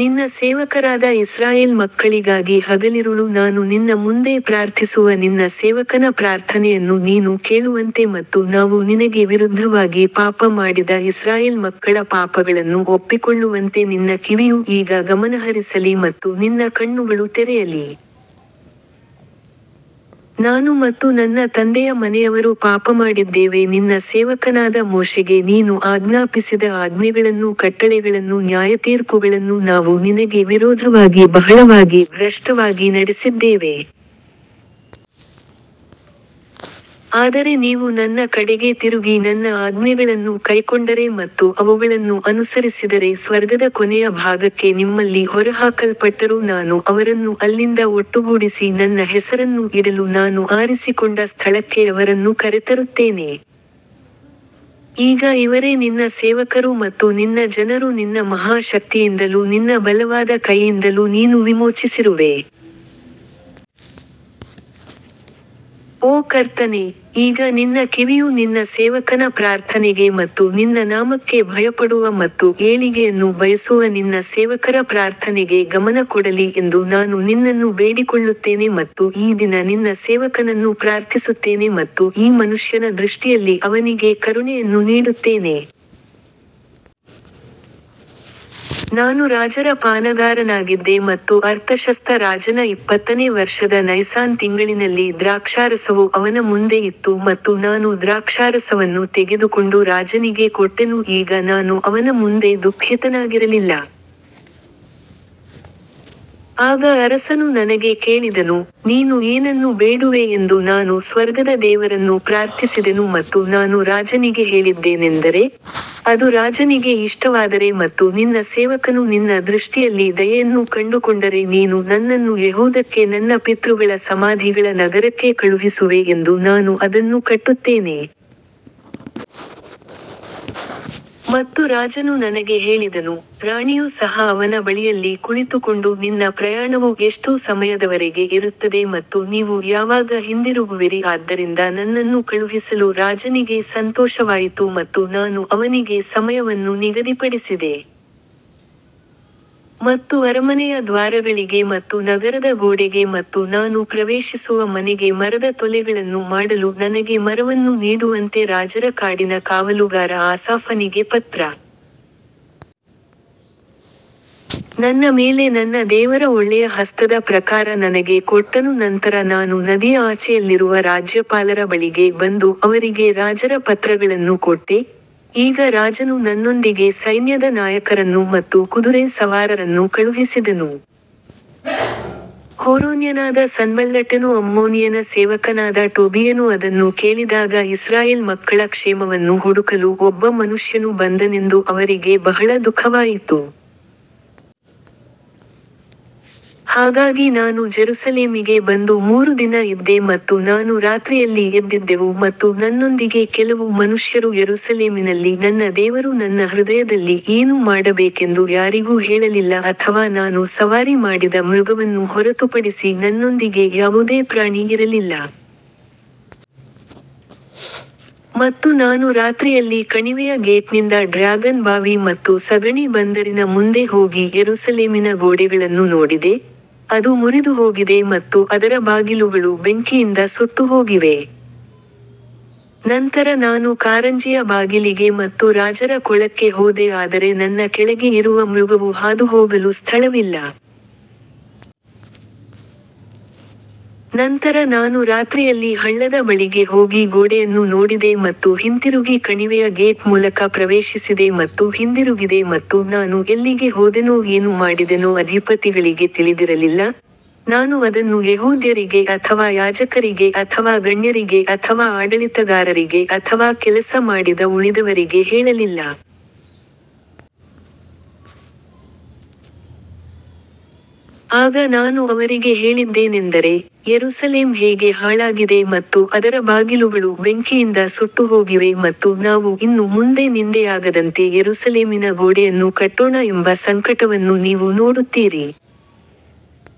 ನಿನ್ನ ಸೇವಕರಾದ ಇಸ್ರಾಯೇಲ್ ಮಕ್ಕಳಿಗಾಗಿ ಹಗಲಿರುಳು ನಾನು ನಿನ್ನ ಮುಂದೆ ಪ್ರಾರ್ಥಿಸುವ ನಿನ್ನ ಸೇವಕನ ಪ್ರಾರ್ಥನೆಯನ್ನು ನೀನು ಕೇಳುವಂತೆ ಮತ್ತು ನಾವು ನಿನಗೆ ವಿರುದ್ಧವಾಗಿ ಪಾಪ ಮಾಡಿದ ಇಸ್ರಾಯೇಲ್ ಮಕ್ಕಳ ಪಾಪಗಳನ್ನು ಒಪ್ಪಿಕೊಳ್ಳುವಂತೆ ನಿನ್ನ ಕಿವಿಯು ಈಗ ಗಮನಹರಿಸಲಿ ಮತ್ತು ನಿನ್ನ ಕಣ್ಣುಗಳು ತೆರೆಯಲಿ. ನಾನು ಮತ್ತು ನನ್ನ ತಂದೆಯ ಮನೆಯವರು ಪಾಪಮಾಡಿದ್ದೇವೆ ನಿನ್ನ ಸೇವಕನಾದ ಮೋಶೆಗೆ ನೀನು ಆಜ್ಞಾಪಿಸಿದ ಆಜ್ಞೆಗಳನ್ನೂ ಕಟ್ಟಳೆಗಳನ್ನೂ ನ್ಯಾಯತೀರ್ಪುಗಳನ್ನೂ ನಾವು ನಿನಗೆ ವಿರೋಧವಾಗಿ ಬಹಳವಾಗಿ ಭ್ರಷ್ಟವಾಗಿ ನಡೆಸಿದ್ದೇವೆ. ಆದರೆ ನೀವು ನನ್ನ ಕಡೆಗೆ ತಿರುಗಿ ನನ್ನ ಆಜ್ಞೆಗಳನ್ನು ಕೈಕೊಂಡರೆ ಮತ್ತು ಅವುಗಳನ್ನು ಅನುಸರಿಸಿದರೆ ಸ್ವರ್ಗದ ಕೊನೆಯ ಭಾಗಕ್ಕೆ ನಿಮ್ಮಲ್ಲಿ ಹೊರಹಾಕಲ್ಪಟ್ಟರೂ ನಾನು ಅವರನ್ನು ಅಲ್ಲಿಂದ ಒಟ್ಟುಗೂಡಿಸಿ ನನ್ನ ಹೆಸರನ್ನು ಇಡಲು ನಾನು ಆರಿಸಿಕೊಂಡ ಸ್ಥಳಕ್ಕೆ ಅವರನ್ನು ಕರೆತರುತ್ತೇನೆ. ಈಗ ಇವರೇ ನಿನ್ನ ಸೇವಕರು ಮತ್ತು ನಿನ್ನ ಜನರೂ ನಿನ್ನ ಮಹಾ ಶಕ್ತಿಯಿಂದಲೂ ನಿನ್ನ ಬಲವಾದ ಕೈಯಿಂದಲೂ ನೀನು ವಿಮೋಚಿಸಿರುವೆ. ಓ ಕರ್ತನೇ, ಈಗ ನಿನ್ನ ಕಿವಿಯು ನಿನ್ನ ಸೇವಕನ ಪ್ರಾರ್ಥನೆಗೆ ಮತ್ತು ನಿನ್ನ ನಾಮಕ್ಕೆ ಭಯಪಡುವ ಮತ್ತು ಏಳಿಗೆಯನ್ನು ಬಯಸುವ ನಿನ್ನ ಸೇವಕರ ಪ್ರಾರ್ಥನೆಗೆ ಗಮನ ಕೊಡಲಿ ಎಂದು ನಾನು ನಿನ್ನನ್ನು ಬೇಡಿಕೊಳ್ಳುತ್ತೇನೆ ಮತ್ತು ಈ ದಿನ ನಿನ್ನ ಸೇವಕನನ್ನು ಪ್ರಾರ್ಥಿಸುತ್ತೇನೆ ಮತ್ತು ಈ ಮನುಷ್ಯನ ದೃಷ್ಟಿಯಲ್ಲಿ ಅವನಿಗೆ ಕರುಣೆಯನ್ನು ನೀಡುತ್ತೇನೆ. ನಾನು ರಾಜರ ಪಾನಗಾರನಾಗಿದ್ದೆ ಮತ್ತು ಅರ್ತಷಸ್ತ ರಾಜನ ಇಪ್ಪತ್ತನೇ ವರ್ಷದ ನೈಸಾನ್ ತಿಂಗಳಿನಲ್ಲಿ ದ್ರಾಕ್ಷಾರಸವು ಅವನ ಮುಂದೆ ಇತ್ತು ಮತ್ತು ನಾನು ದ್ರಾಕ್ಷಾರಸವನ್ನು ತೆಗೆದುಕೊಂಡು ರಾಜನಿಗೆ ಕೊಟ್ಟೆನು ಈಗ ನಾನು ಅವನ ಮುಂದೆ ದುಃಖಿತನಾಗಿರಲಿಲ್ಲ. ಆಗ ಅರಸನು ನನಗೆ ಕೇಳಿದನು, ನೀನು ಏನನ್ನು ಬೇಡುವೆ ಎಂದು ನಾನು ಸ್ವರ್ಗದ ದೇವರನ್ನು ಪ್ರಾರ್ಥಿಸಿದೆನು ಮತ್ತು ನಾನು ರಾಜನಿಗೆ ಹೇಳಿದ್ದೇನೆಂದರೆ, ಅದು ರಾಜನಿಗೆ ಇಷ್ಟವಾದರೆ ಮತ್ತು ನಿನ್ನ ಸೇವಕನು ನಿನ್ನ ದೃಷ್ಟಿಯಲ್ಲಿ ದಯೆಯನ್ನು ಕಂಡುಕೊಂಡರೆ ನೀನು ನನ್ನನ್ನು ಯೆಹೂದಕ್ಕೆ ನನ್ನ ಪಿತೃಗಳ ಸಮಾಧಿಗಳ ನಗರಕ್ಕೆ ಕಳುಹಿಸುವೆ ಎಂದು ನಾನು ಅದನ್ನು ಕಟ್ಟುತ್ತೇನೆ. ಮತ್ತು ರಾಜನು ನನಗೆ ಹೇಳಿದನು, ರಾಣಿಯು ಸಹ ಅವನ ಬಳಿಯಲ್ಲಿ ಕುಳಿತುಕೊಂಡು ನಿನ್ನ ಪ್ರಯಾಣವು ಎಷ್ಟು ಸಮಯದವರೆಗೆ ಇರುತ್ತದೆ ಮತ್ತು ನೀವು ಯಾವಾಗ ಹಿಂದಿರುಗುವಿರಿ ಆದ್ದರಿಂದ ನನ್ನನ್ನು ಕಳುಹಿಸಲು ರಾಜನಿಗೆ ಸಂತೋಷವಾಯಿತು ಮತ್ತು ನಾನು ಅವನಿಗೆ ಸಮಯವನ್ನು ನಿಗದಿಪಡಿಸಿದೆ. ಮತ್ತು ಅರಮನೆಯ ದ್ವಾರಗಳಿಗೆ ಮತ್ತು ನಗರದ ಗೋಡೆಗೆ ಮತ್ತು ನಾನು ಪ್ರವೇಶಿಸುವ ಮನೆಗೆ ಮರದ ತೊಲೆಗಳನ್ನು ಮಾಡಲು ನನಗೆ ಮರವನ್ನು ನೀಡುವಂತೆ ರಾಜರ ಕಾಡಿನ ಕಾವಲುಗಾರ ಆಸಾಫನಿಗೆ ಪತ್ರ. ನನ್ನ ಮೇಲೆ ನನ್ನ ದೇವರ ಒಳ್ಳೆಯ ಹಸ್ತದ ಪ್ರಕಾರ ನನಗೆ ಕೊಟ್ಟನು ನಂತರ ನಾನು ನದಿಯ ಆಚೆಯಲ್ಲಿರುವ ರಾಜ್ಯಪಾಲರ ಬಳಿಗೆ ಬಂದು ಅವರಿಗೆ ರಾಜರ ಪತ್ರಗಳನ್ನು ಕೊಟ್ಟೆ, ಈಗ ರಾಜನು ನನ್ನೊಂದಿಗೆ ಸೈನ್ಯದ ನಾಯಕರನ್ನು ಮತ್ತು ಕುದುರೆ ಸವಾರರನ್ನು ಕಳುಹಿಸಿದನು. ಹೋರೋನ್ಯನಾದ ಸನ್ಬಲ್ಲಟನೂ ಅಮ್ಮೋನಿಯನ ಸೇವಕನಾದ ಟೋಬೀಯನೂ ಅದನ್ನು ಕೇಳಿದಾಗ ಇಸ್ರಾಯೇಲ್ ಮಕ್ಕಳ ಕ್ಷೇಮವನ್ನು ಹುಡುಕಲು ಒಬ್ಬ ಮನುಷ್ಯನು ಬಂದನೆಂದು ಅವರಿಗೆ ಬಹಳ ದುಃಖವಾಯಿತು. ಹಾಗಾಗಿ ನಾನು ಜೆರುಸಲೇಮಿಗೆ ಬಂದು ಮೂರು ದಿನ ಇದ್ದೆ ಮತ್ತು ನಾನು ರಾತ್ರಿಯಲ್ಲಿ ಎದ್ದಿದ್ದೆವು ಮತ್ತು ನನ್ನೊಂದಿಗೆ ಕೆಲವು ಮನುಷ್ಯರು ಯೆರೂಸಲೇಮಿನಲ್ಲಿ ನನ್ನ ದೇವರು ನನ್ನ ಹೃದಯದಲ್ಲಿ ಏನು ಮಾಡಬೇಕೆಂದು ಯಾರಿಗೂ ಹೇಳಲಿಲ್ಲ ಅಥವಾ ನಾನು ಸವಾರಿ ಮಾಡಿದ ಮೃಗವನ್ನು ಹೊರತುಪಡಿಸಿ ನನ್ನೊಂದಿಗೆ ಯಾವುದೇ ಪ್ರಾಣಿ ಇರಲಿಲ್ಲ. ಮತ್ತು ನಾನು ರಾತ್ರಿಯಲ್ಲಿ ಕಣಿವೆಯ ಗೇಟ್ನಿಂದ ಡ್ರ್ಯಾಗನ್ ಬಾವಿ ಮತ್ತು ಸಗಣಿ ಬಂದರಿನ ಮುಂದೆ ಹೋಗಿ ಯೆರೂಸಲೇಮಿನ ಗೋಡೆಗಳನ್ನು ನೋಡಿದೆ, ಅದು ಮುರಿದುಹೋಗಿದೆ ಮತ್ತು ಅದರ ಬಾಗಿಲುಗಳು ಬೆಂಕಿಯಿಂದ ಸುಟ್ಟುಹೋಗಿವೆ. ನಂತರ ನಾನು ಕಾರಂಜಿಯ ಬಾಗಿಲಿಗೆ ಮತ್ತು ರಾಜರ ಕೊಳಕ್ಕೆ ಹೋದೆ ಆದರೆ ನನ್ನ ಕೆಳಗೆ ಇರುವ ಮೃಗವು ಹಾದುಹೋಗಲು ಸ್ಥಳವಿಲ್ಲ. ನಂತರ ನಾನು ರಾತ್ರಿಯಲ್ಲಿ ಹಳ್ಳದ ಬಳಿಗೆ ಹೋಗಿ ಗೋಡೆಯನ್ನು ನೋಡಿದೆ ಮತ್ತು ಹಿಂತಿರುಗಿ ಕಣಿವೆಯ ಗೇಟ್ ಮೂಲಕ ಪ್ರವೇಶಿಸಿದೆ ಮತ್ತು ಹಿಂದಿರುಗಿದೆ ಮತ್ತು ನಾನು ಎಲ್ಲಿಗೆ ಹೋದೆನೋ ಏನು ಮಾಡಿದೆನೋ ಅಧಿಪತಿಗಳಿಗೆ ತಿಳಿದಿರಲಿಲ್ಲ, ನಾನು ಅದನ್ನು ಯೆಹೂದ್ಯರಿಗೆ ಅಥವಾ ಯಾಜಕರಿಗೆ ಅಥವಾ ಗಣ್ಯರಿಗೆ ಅಥವಾ ಆಡಳಿತಗಾರರಿಗೆ ಅಥವಾ ಕೆಲಸ ಮಾಡಿದ ಉಳಿದವರಿಗೆ ಹೇಳಲಿಲ್ಲ. ಆಗ ನಾನು ಅವರಿಗೆ ಹೇಳಿದ್ದೇನೆಂದರೆ, ಯೆರೂಸಲೇಮ್ ಹೇಗೆ ಹಾಳಾಗಿದೆ ಮತ್ತು ಅದರ ಬಾಗಿಲುಗಳು ಬೆಂಕಿಯಿಂದ ಸುಟ್ಟುಹೋಗಿವೆ ಮತ್ತು ನಾವು ಇನ್ನು ಮುಂದೆ ನಿಂದೆಯಾಗದಂತೆ ಯೆರೂಸಲೇಮಿನ ಗೋಡೆಯನ್ನು ಕಟ್ಟೋಣ ಎಂಬ ಸಂಕಟವನ್ನು ನೀವು ನೋಡುತ್ತೀರಿ.